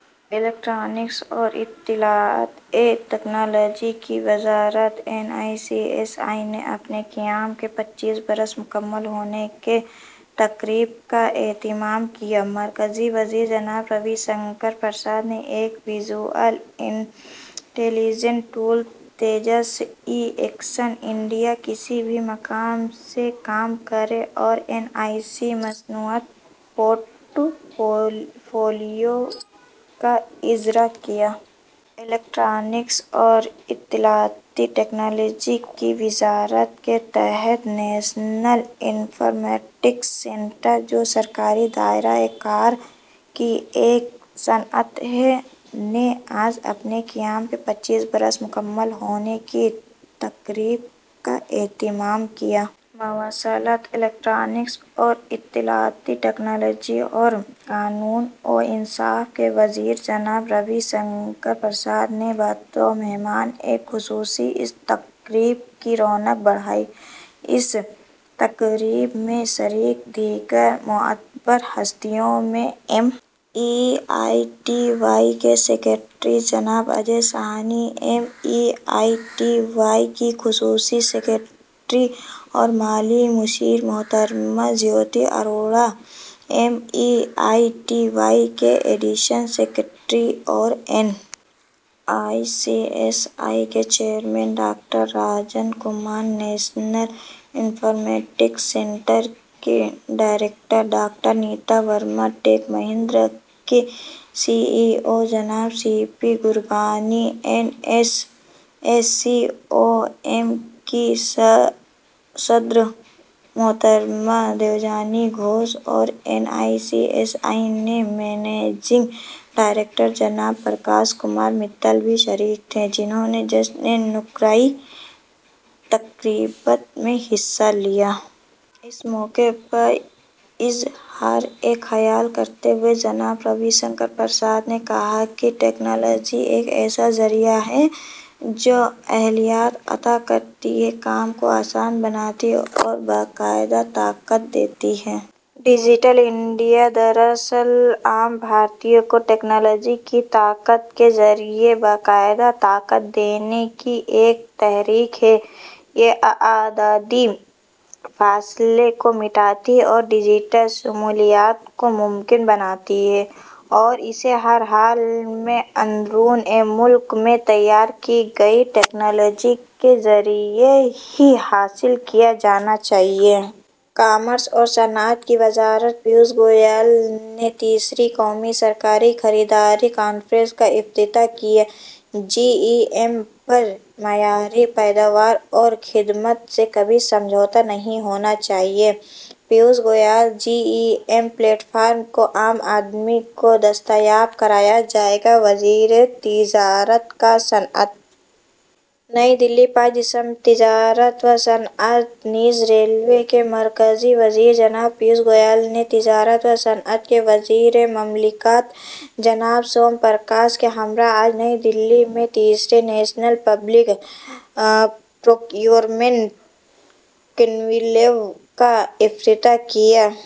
Electronics اور اطلاعات technology کی وزارت این آئی سی ایس آئی نے اپنے قیام کے پچیس برس مکمل ہونے کی تقریب کا اہتمام کیا۔ مرکزی وزیر جناب روی شنکر پرساد نے ایک وِژول انٹیلی جنس tool Tejas, e action India, کسی بھی مقام سے کام کریں اور این آئی سی مصنوعات پورٹ فولیو کا اجرا کیا۔ الیکٹرانکس اور اطلاعاتی ٹیکنالوجی کی وزارت کے تحت نیشنل انفارمیٹکس سینٹر، جو سرکاری دائرہ کار کی ایک صنعت ہے، نے آج اپنے قیام کے پچیس برس مکمل ہونے کی تقریب کا اہتمام کیا۔ مواصلات، الیکٹرانکس اور اطلاعاتی ٹیکنالوجی اور قانون و انصاف کے وزیر جناب روی شنکر پرساد نے بطور مہمانِ خصوصی اس تقریب کی رونق بڑھائی۔ اس تقریب میں شریک دیگر مقتدر ہستیوں میں M E I T Y کے سیکریٹری جناب Ajay Sahni, M E I T Y کی خصوصی سیکریٹری اور مالی مشیر محترمہ Jyoti Arora, M E I T Y کے ایڈیشنل سیکریٹری اور N I C S I کے chairman doctor Rajan Kumar, national informatics centre کی director doctor Neeta Verma, Tech Mahindra کے سی ای او جناب C P Gurbani, N S S C O M کی صدر محترمہ دیوجانی گھوش اور N I C S I کے مینیجنگ ڈائریکٹر جناب پرکاش کمار متل بھی شریک تھے، جنہوں نے جشنِ نقرئی تقریبات میں حصہ لیا۔ اس موقع پر اظہارِ خیال کرتے ہوئے جناب روی شنکر پرساد نے کہا کہ ٹیکنالوجی ایک ایسا ذریعہ ہے جو اہلیت عطا کرتی ہے، کام کو آسان بناتی ہے اور بااختیار بناتی ہے۔ ڈیجیٹل انڈیا دراصل عام بھارتیوں کو ٹیکنالوجی کی طاقت کے ذریعے بااختیار بنانے کی ایک تحریک ہے۔ یہ اعدادی فاصلے کو مٹاتی ہے اور ڈیجیٹل شمولیت کو ممکن بناتی ہے اور اسے ہر حال میں اندرونِ ملک میں تیار کی گئی ٹیکنالوجی کے ذریعے ہی حاصل کیا جانا چاہیے۔ کامرس اور صنعت کی وزارت پیوش گوئل نے تیسری قومی سرکاری خریداری کانفرنس کا افتتاح کیا۔ جی ای ایم پر معیاری پیداوار اور خدمات سے کبھی سمجھوتہ نہیں ہونا چاہیے۔ Piyush Goyal G E M platform کو عام آدمی کو دستیاب کرایا جائے گا: وزیر تجارت و صنعت۔ نئی دہلی، پانچ دسمبر: تجارت و صنعت نیز ریلوے کے مرکزی وزیر جناب پیوش گوئل نے تجارت و صنعت کے وزیر مملکت جناب سوم پرکاش کے ہمراہ آج نئی دہلی میں تیسرے نیشنل پبلک پروکیورمنٹ کنکلیو کا افتتاح کیا۔